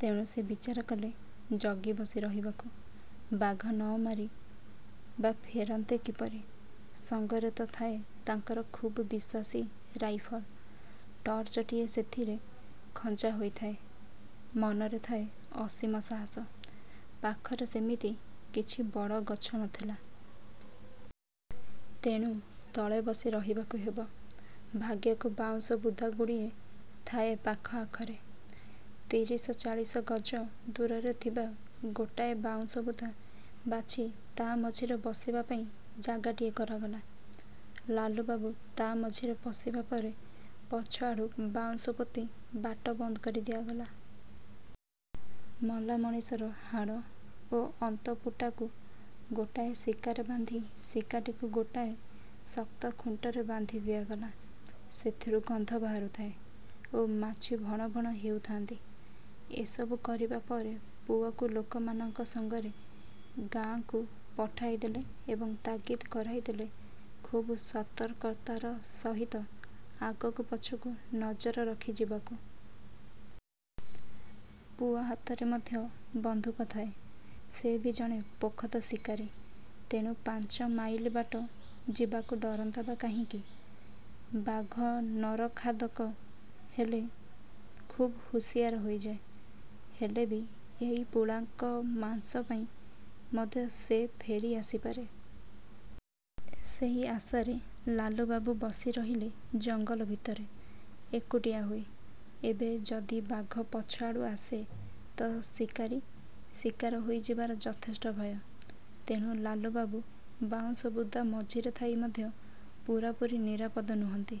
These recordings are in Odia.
ତେଣୁ ସେ ବିଚାରକଲେ ଜଗି ବସି ରହିବାକୁ। ବାଘ ନ ମାରି ବା ଫେରନ୍ତେ କିପରି! ସଙ୍ଗରେ ତ ଥାଏ ତାଙ୍କର ଖୁବ୍ ବିଶ୍ୱାସୀ ରାଇଫଲ। ଟର୍ଚ୍ଚଟିଏ ସେଥିରେ ଖଞ୍ଜା ହୋଇଥାଏ। ମନରେ ଥାଏ ଅସୀମ ସାହସ। ପାଖରେ ସେମିତି କିଛି ବଡ଼ ଗଛ ନଥିଲା। ତେଣୁ ତଳେ ବସି ରହିବାକୁ ହେବ। ଭାଗ୍ୟକୁ ବାଉଁଶ ବୁଦାଗୁଡ଼ିଏ ଥାଏ ପାଖ ଆଖରେ। ତିରିଶ ଚାଳିଶ ଗଜ ଦୂରରେ ଥିବା ଗୋଟାଏ ବାଉଁଶ ବୁଦା ବାଛି ତା' ମଝିରେ ବସିବା ପାଇଁ ଜାଗାଟିଏ କରାଗଲା। ଲାଲୁବାବୁ ତା' ମଝିରେ ପଶିବା ପରେ ପଛଆଡ଼ୁ ବାଉଁଶ ପୋତି ବାଟ ବନ୍ଦ କରି ଦିଆଗଲା। ମଲା ମଣିଷର ହାଡ଼ ଓ ଅନ୍ତପୁଟାକୁ ଗୋଟାଏ ଶିକାରେ ବାନ୍ଧି ଶିକାଟିକୁ ଗୋଟାଏ ଶକ୍ତ ଖୁଣ୍ଟରେ ବାନ୍ଧି ଦିଆଗଲା-। ସେଥିରୁ ଗନ୍ଧ ବାହାରୁଥାଏ ଓ ମାଛି ଭଣ ଭଣ ହେଉଥାଆନ୍ତି। ଏସବୁ କରିବା ପରେ ପୁଅକୁ ଲୋକମାନଙ୍କ ସଙ୍ଗରେ ଗାଁକୁ ପଠାଇଦେଲେ ଏବଂ ତାଗିଦ କରାଇଦେଲେ ଖୁବ୍ ସତର୍କତାର ସହିତ ଆଗକୁ ପଛକୁ ନଜର ରଖି ଯିବାକୁ। ପୁଅ ହାତରେ ମଧ୍ୟ ବନ୍ଧୁକ ଥାଏ। ସେ ବି ଜଣେ ପୋଖତ ଶିକାରୀ। ତେଣୁ ପାଞ୍ଚ ମାଇଲ ବାଟ ଯିବାକୁ ଡରନ୍ତା ବା କାହିଁକି! ବାଘ ନରଖାଦକ ହେଲେ ଖୁବ୍ ହୁସିଆର ହୋଇଯାଏ-ହେଲେ ବି ଏଇ ପୁଳାକ ମାଂସ ପାଇଁ ମଧ୍ୟ ସେ ଫେରି ଆସିପାରେ। ସେଇ ଆାଶାରେ ଲାଲୁବାବୁ ବସି ରହିଲେ ଜଙ୍ଗଲ ଭିତରେ, ଏକୁଟିଆ ହୋଇ। ଏଣେ ଯଦି ବାଘ ପଛଆଡ଼ୁ ଆସେ ତ ଶିକାରୀ ଶିକାର ହୋଇଯିବାର ଯଥେଷ୍ଟ ଭୟ। ତେଣୁ ଲାଲୁବାବୁ ବାଉଁଶ ବୁଦା ମଝିରେ ଥାଇ ମଧ୍ୟ ପୂରାପୂରି ନିରାପଦ ନୁହନ୍ତି।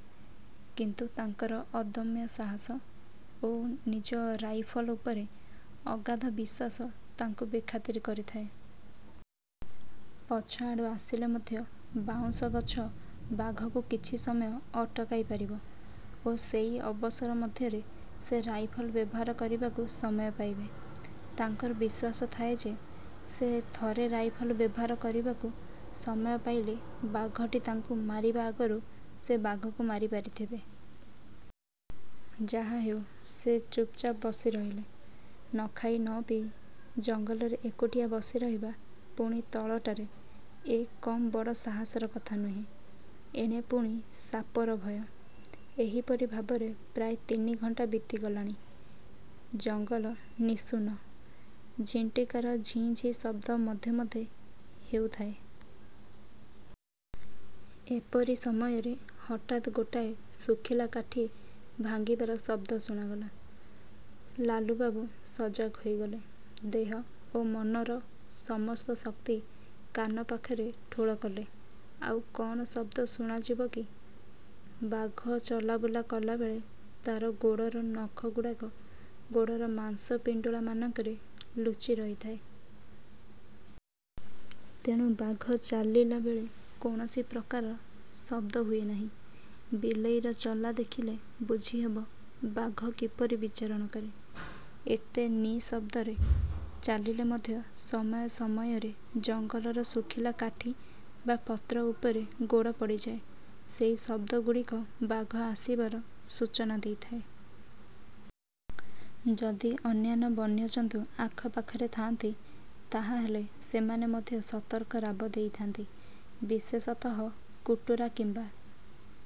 କିନ୍ତୁ ତାଙ୍କର ଅଦମ୍ୟ ସାହସ ଓ ନିଜ ରାଇଫଲ ଉପରେ ଅଗାଧ ବିଶ୍ୱାସ ତାଙ୍କୁ ବେଖାତିର କରିଥାଏ। ପଛ ଆଡ଼ୁ ଆସିଲେ ମଧ୍ୟ ବାଉଁଶ ଗଛ ବାଘକୁ କିଛି ସମୟ ଅଟକାଇ ପାରିବ ଓ ସେଇ ଅବସର ମଧ୍ୟରେ ସେ ରାଇଫଲ ବ୍ୟବହାର କରିବାକୁ ସମୟ ପାଇବେ। ତାଙ୍କର ବିଶ୍ୱାସ ଥାଏ ଯେ, ସେ ଥରେ ରାଇଫଲ ବ୍ୟବହାର କରିବାକୁ ସମୟ ପାଇଲେ ବଘଟି ତାଙ୍କୁ ମାରିବା ଆଗରୁ ସେ ବାଘକୁ ମାରିପାରିଥିବେ। ଯାହାହେଉ ସେ ଚୁପ୍ଚାପ୍ ବସି ରହିଲେ। ନଖାଇ ନପିଇ ଜଙ୍ଗଲରେ ଏକୁଟିଆ ବସିରହିବା, ପୁଣି ତଳଟାରେ-ଏ କମ୍ ବଡ଼ ସାହସର କଥା ନୁହେଁ। ଏଣେ ପୁଣି ସାପର ଭୟ। ଏହିପରି ଭାବରେ ପ୍ରାୟ ତିନି ଘଣ୍ଟା ବିତିଗଲାଣି। ଜଙ୍ଗଲ ନିଶୁନ। ଝିଣ୍ଟିକାର ଝିଁ ଝିଁ ଶବ୍ଦ ମଧ୍ୟେ ମଧ୍ୟେ ହେଉଥାଏ। ଏପରି ସମୟରେ ହଠାତ୍ ଗୋଟାଏ ଶୁଖିଲା କାଠି ଭାଙ୍ଗିବାର ଶବ୍ଦ ଶୁଣାଗଲା। ଲାଲୁବାବୁ ସଜାଗ ହୋଇଗଲେ। ଦେହ ଓ ମନର ସମସ୍ତ ଶକ୍ତି କାନ ପାଖରେ ଠୁଳ କଲେ-ଆଉ କ'ଣ ଶବ୍ଦ ଶୁଣାଯିବ କି! ବାଘ ଚଲାବୁଲା କଲାବେଳେ ତା'ର ଗୋଡ଼ର ନଖଗୁଡ଼ାକ ଗୋଡ଼ର ମାଂସ ପିଣ୍ଡୁଳାମାନଙ୍କରେ ଲୁଚି ରହିଥାଏ। ତେଣୁ ବାଘ ଚାଲିଳା ବେଳେ କୌଣସି ପ୍ରକାର ଶବ୍ଦ ହୁଏ ନାହିଁ। ବିଲେଇର ଚଲା ଦେଖିଲେ ବୁଝିହେବ ବାଘ କିପରି ବିଚରଣ କରେ। ଏତେ ନିଃଶବ୍ଦରେ ଚାଲିଲେ ମଧ୍ୟ ସମୟ ସମୟରେ ଜଙ୍ଗଲର ଶୁଖିଲା କାଠି ବା ପତ୍ର ଉପରେ ଗୋଡ଼ ପଡ଼ିଯାଏ। ସେଇ ଶବ୍ଦଗୁଡ଼ିକ ବାଘ ଆସିବାର ସୂଚନା ଦେଇଥାଏ। ଯଦି ଅନ୍ୟାନ୍ୟ ବନ୍ୟଜନ୍ତୁ ଆଖ ପାଖରେ ଥାଆନ୍ତି ତାହାହେଲେ ସେମାନେ ମଧ୍ୟ ସତର୍କ ରାବ ଦେଇଥାନ୍ତି। ବିଶେଷତଃ କୁଟୁରା କିମ୍ବା